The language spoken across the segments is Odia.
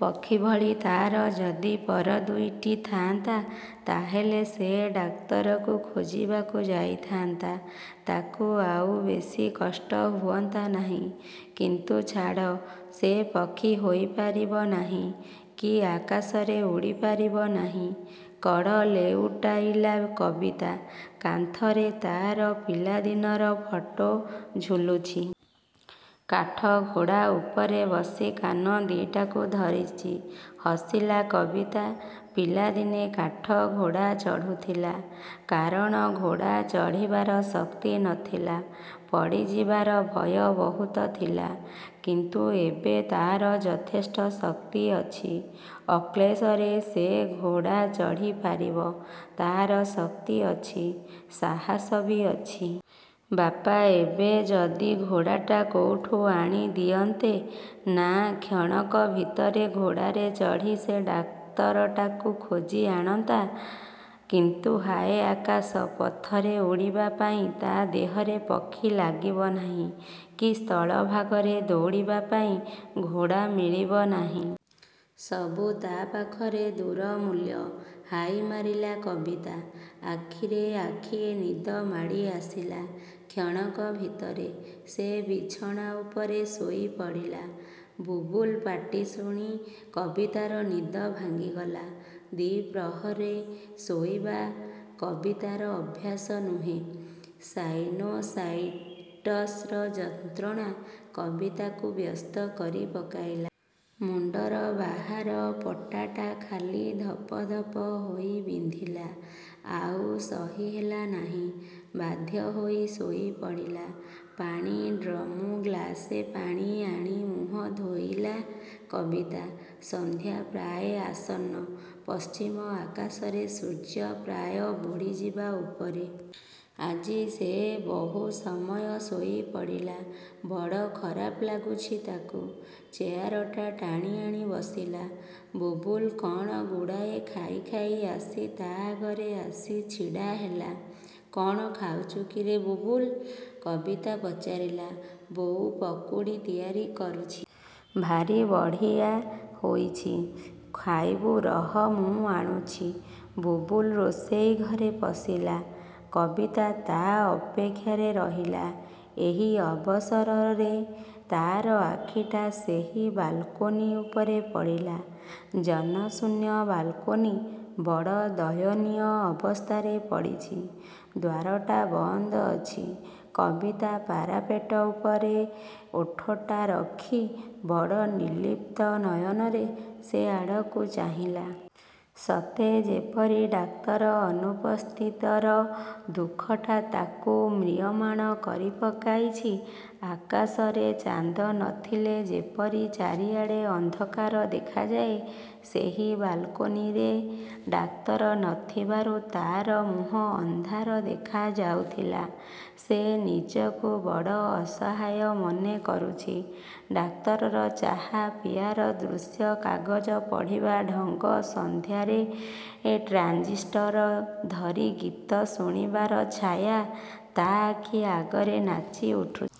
ପକ୍ଷୀଭଳି ତା'ର ଯଦି ପର ଦୁଇଟି ଥା'ନ୍ତା। ତା'ହେଲେ ସେ ଡାକ୍ତରକୁ ଖୋଜିବାକୁ ଯାଇଥା'ନ୍ତା, ତା'କୁ ଆଉ ବେଶି କଷ୍ଟ ହୁଅନ୍ତା ନାହିଁ। କିନ୍ତୁ ଛାଡ଼ ସେ ପକ୍ଷୀ ହୋଇପାରିବ ନାହିଁ, କି ଆକାଶରେ ଉଡ଼ି ପାରିବ ନାହିଁ। କଡ଼ ଲେଉଟାଇଲା କବିତା। କାନ୍ଥରେ ତା'ର ପିଲାଦିନର ଫଟୋ ଝୁଲୁଛି। କାଠଘୋଡ଼ା ଉପରେ ବସି କାନ ଦି'ଟାକୁ ଧରିଛି। ହସିଲା କବିତା। ପିଲାଦିନେ କାଠଘୋଡ଼ା ଚଢ଼ୁଥିଲା। କାରଣ ଘୋଡ଼ା ଚଢ଼ିବାର ଶକ୍ତି ନ ଥିଲା। ପଡ଼ିଯିବାର ଭୟ ବହୁତ ଥିଲା। କିନ୍ତୁ ଏବେ ତା'ର ଯଥେଷ୍ଟ ଶକ୍ତି ଅଛି। ଅକ୍ଳେଶରେ ସେ ଘୋଡ଼ା ଚଢ଼ି ପାରିବ। ତା'ର ଶକ୍ତି ଅଛି, ସାହସ ବି ଅଛି। ବାପା ଏବେ ଯଦି ଘୋଡ଼ାଟା କୋଉଠୁ ଆଣି ଦିଅନ୍ତେ ନା କ୍ଷଣକ ଭିତରେ ଘୋଡ଼ାରେ ଚଢ଼ି ସେ ଡାକ୍ତରଟାକୁ ଖୋଜି ଆଣନ୍ତା। କିନ୍ତୁ ହାଏ ଆକାଶ ପଥରେ ଉଡ଼ିବା ପାଇଁ ତା' ଦେହରେ ପକ୍ଷୀ ଲାଗିବ ନାହିଁ କି ସ୍ଥଳ ଭାଗରେ ଦୌଡ଼ିବା ପାଇଁ ଘୋଡ଼ା ମିଳିବ ନାହିଁ। ସବୁ ତା' ପାଖରେ ଦୂର ମୂଲ୍ୟ। ହାଇ ମାରିଲା କବିତା। ଆଖିରେ ଆଖିଏ ନିଦ ମାଡ଼ି ଆସିଲା କ୍ଷଣକ ଭିତରେ, ସେ ବିଛଣା ଉପରେ ଶୋଇପଡ଼ିଲା। ବୁବୁଲୁ ପାଟି ଶୁଣି କବିତାର ନିଦ ଭାଙ୍ଗିଗଲା। ଦି'ପ୍ରହରେ ଶୋଇବା କବିତାର ଅଭ୍ୟାସ ନୁହେଁ। ସାଇନୋସାଇଟ୍ସର ଯନ୍ତ୍ରଣା କବିତାକୁ ବ୍ୟସ୍ତ କରି ପକାଇଲା। ମୁଣ୍ଡର ବାହାର ପଟଟା ଖାଲି ଧପ ଧପ ହୋଇ ବିନ୍ଧିଲା। ଆଉ ସହି ହେଲା ନାହିଁ। ବାଧ୍ୟ ହୋଇ ଶୋଇ ପଡ଼ିଲା। ପାଣି ଡମ୍ରୁ ଗ୍ଳାସେ ପାଣି ଆଣି ମୁହଁ ଧୋଇଲା କବିତା। ସନ୍ଧ୍ୟା ପ୍ରାଏ ଆସନ୍ନ। ପଶ୍ଚିମ ଆକାଶରେ ସୂର୍ଯ୍ୟ ପ୍ରାୟ ବୁଡ଼ିଯିବା ଉପରେ। ଆଜି ସେ ବହୁ ସମୟ ଶୋଇ ପଡ଼ିଲା। ବଡ଼ ଖରାପ ଲାଗୁଛି ତା'କୁ। ଚେୟାରଟା ଟାଣିଆଣି ବସିଲା। ବୁବୁଲୁ କ'ଣ ଗୁଡ଼ାଏ ଖାଇ ଖାଇ ଆସି ତା'ଆଗରେ ଆସି ଛିଡ଼ା ହେଲା। କ'ଣ ଖାଉଛୁ କିରେ ବୁବୁଲୁ? କବିତା ପଚାରିଲା। ବୋଉ ପକୁଡ଼ି ତିଆରି କରୁଛି। ଭାରି ବଢ଼ିଆ ହୋଇଛି। ଖାଇବୁ ରହ ମୁଁ ଆଣୁଛି। ବୁବୁଲୁ ରୋଷେଇ ଘରେ ପଶିଲା। କବିତା ତା' ଅପେକ୍ଷାରେ ରହିଲା। ଏହି ଅବସରରେ ତା'ର ଆଖିଟା ସେହି ବାଲକୋନି ଉପରେ ପଡ଼ିଲା। ଜନଶୂନ୍ୟ ବାଲକୋନି ବଡ଼ ଦୟନୀୟ ଅବସ୍ଥାରେ ପଡ଼ିଛି। ଦ୍ୱାରଟା ବନ୍ଦ ଅଛି। କବିତା ପାରାପେଟ ଉପରେ ଓଠଟା ରଖି ବଡ଼ ନିର୍ଲିପ୍ତ ନୟନରେ ସେ ଆଡ଼କୁ ଚାହିଁଲା,। ସତେ ଯେପରି ଡାକ୍ତର ଅନୁପସ୍ଥିତିର ଦୁଃଖଟା ତା'କୁ ମ୍ରିୟମାଣ କରି ପକାଇଛି। ଆକାଶରେ ଚାନ୍ଦ ନ ଥିଲେ ଯେପରି ଚାରିଆଡ଼େ ଅନ୍ଧକାର ଦେଖାଯାଏ, ସେହି ବାଲକୋନିରେ ଡାକ୍ତର ନ ଥିବାରୁ ତା'ର ମୁହଁ ଅନ୍ଧାର ଦେଖାଯାଉଥିଲା। ସେ ନିଜକୁ ବଡ଼ ଅସହାୟ ମନେ କରୁଛି। ଡାକ୍ତରର ଚା' ପିଆର ଦୃଶ୍ୟ, କାଗଜ ପଢ଼ିବା ଢଙ୍ଗ, ସନ୍ଧ୍ୟାରେ ଟ୍ରାଞ୍ଜିଷ୍ଟର ଧରି ଗୀତ ଶୁଣିବାର ଛାୟା ତା' ଆଖି ଆଗରେ ନାଚି ଉଠୁଛି।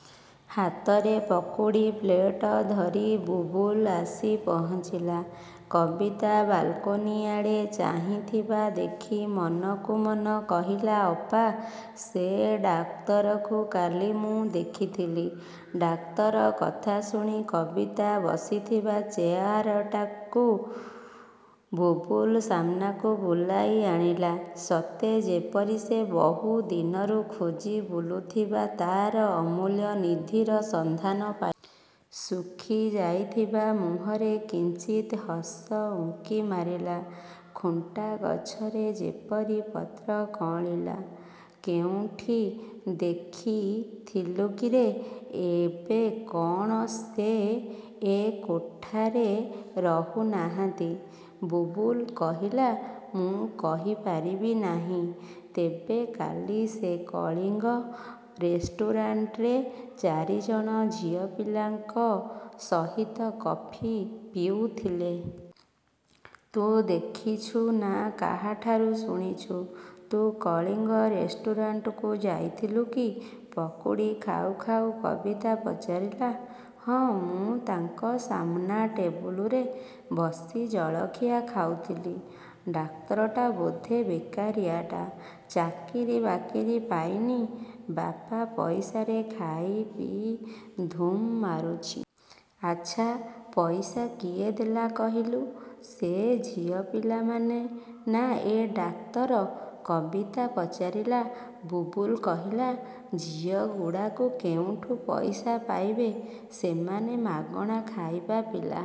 ହାତରେ ପକୁଡ଼ି ପ୍ଳେଟ ଧରି ବୁବୁଲୁ ଆସି ପହଞ୍ଚିଲା। କବିତା ବାଲକୋନି ଆଡ଼େ ଚାହିଁଥିବା ଦେଖି ମନକୁ ମନ କହିଲା ଅପା, ସେ ଡାକ୍ତରକୁ କାଲି ମୁଁ ଦେଖିଥିଲି। ଡାକ୍ତର କଥାଶୁଣି କବିତା ବସିଥିବା ଚେୟାରଟାକୁ ବୁବୁଲୁ ସାମନାକୁ ବୁଲାଇ ଆଣିଲା। ସତେ ଯେପରି ସେ ବହୁ ଦିନରୁ ଖୋଜି ବୁଲୁଥିବା ତା'ର ଅମୂଲ୍ୟ ନିଧିର ସନ୍ଧାନ ପାଇଲା। ଶୁଖିଯାଇଥିବା ମୁହଁରେ କିଞ୍ଚିତ୍ ହସ ଉଙ୍କି ମାରିଲା। ଖୁଣ୍ଟା ଗଛରେ ଯେପରି ପତ୍ର କଅଁଳିଲା। କେଉଁଠି ଦେଖିଥିଲୁ କିରେ ଏବେ କ'ଣ ସେ ଏ କୋଠାରେ ରହୁ ନାହାନ୍ତି? ବୁବୁଲୁ କହିଲା ମୁଁ କହିପାରିବି ନାହିଁ। ତେବେ କାଲି ସେ କଳିଙ୍ଗ ରେଷ୍ଟୁରାଣ୍ଟରେ ଚାରିଜଣ ଝିଅପିଲାଙ୍କ ସହିତ କଫି ପିଉଥିଲେ। ତୁ ଦେଖିଛୁ ନା କାହାଠାରୁ ଶୁଣିଛୁ। ତୁ କଳିଙ୍ଗ ରେଷ୍ଟୁରାଣ୍ଟକୁ ଯାଇଥିଲୁ କି? ପକୁଡ଼ି ଖାଉ ଖାଉ କବିତା ପଚାରିଲା। ହଁ ମୁଁ ତାଙ୍କ ସାମନା ଟେବୁଲରେ ବସି ଜଳଖିଆ ଖାଉଥିଲି। ଡାକ୍ତରଟା ବୋଧେ ବେକାରିଆଟା। ଚାକିରି ବାକିରି ପାଇନି। ବାପା ପଇସାରେ ଖାଇପିଇ ଧୁମ୍ ମାରୁଛି। ଆଚ୍ଛା ପଇସା କିଏ ଦେଲା କହିଲୁ? ସେ ଝିଅପିଲାମାନେ ନା ଏ ଡାକ୍ତର? କବିତା ପଚାରିଲା। ବୁବୁଲୁ କହିଲା, ଝିଅଗୁଡ଼ାକୁ କେଉଁଠୁ ପଇସା ପାଇବେ। ସେମାନେ ମାଗଣା ଖାଇବା ପିଲା।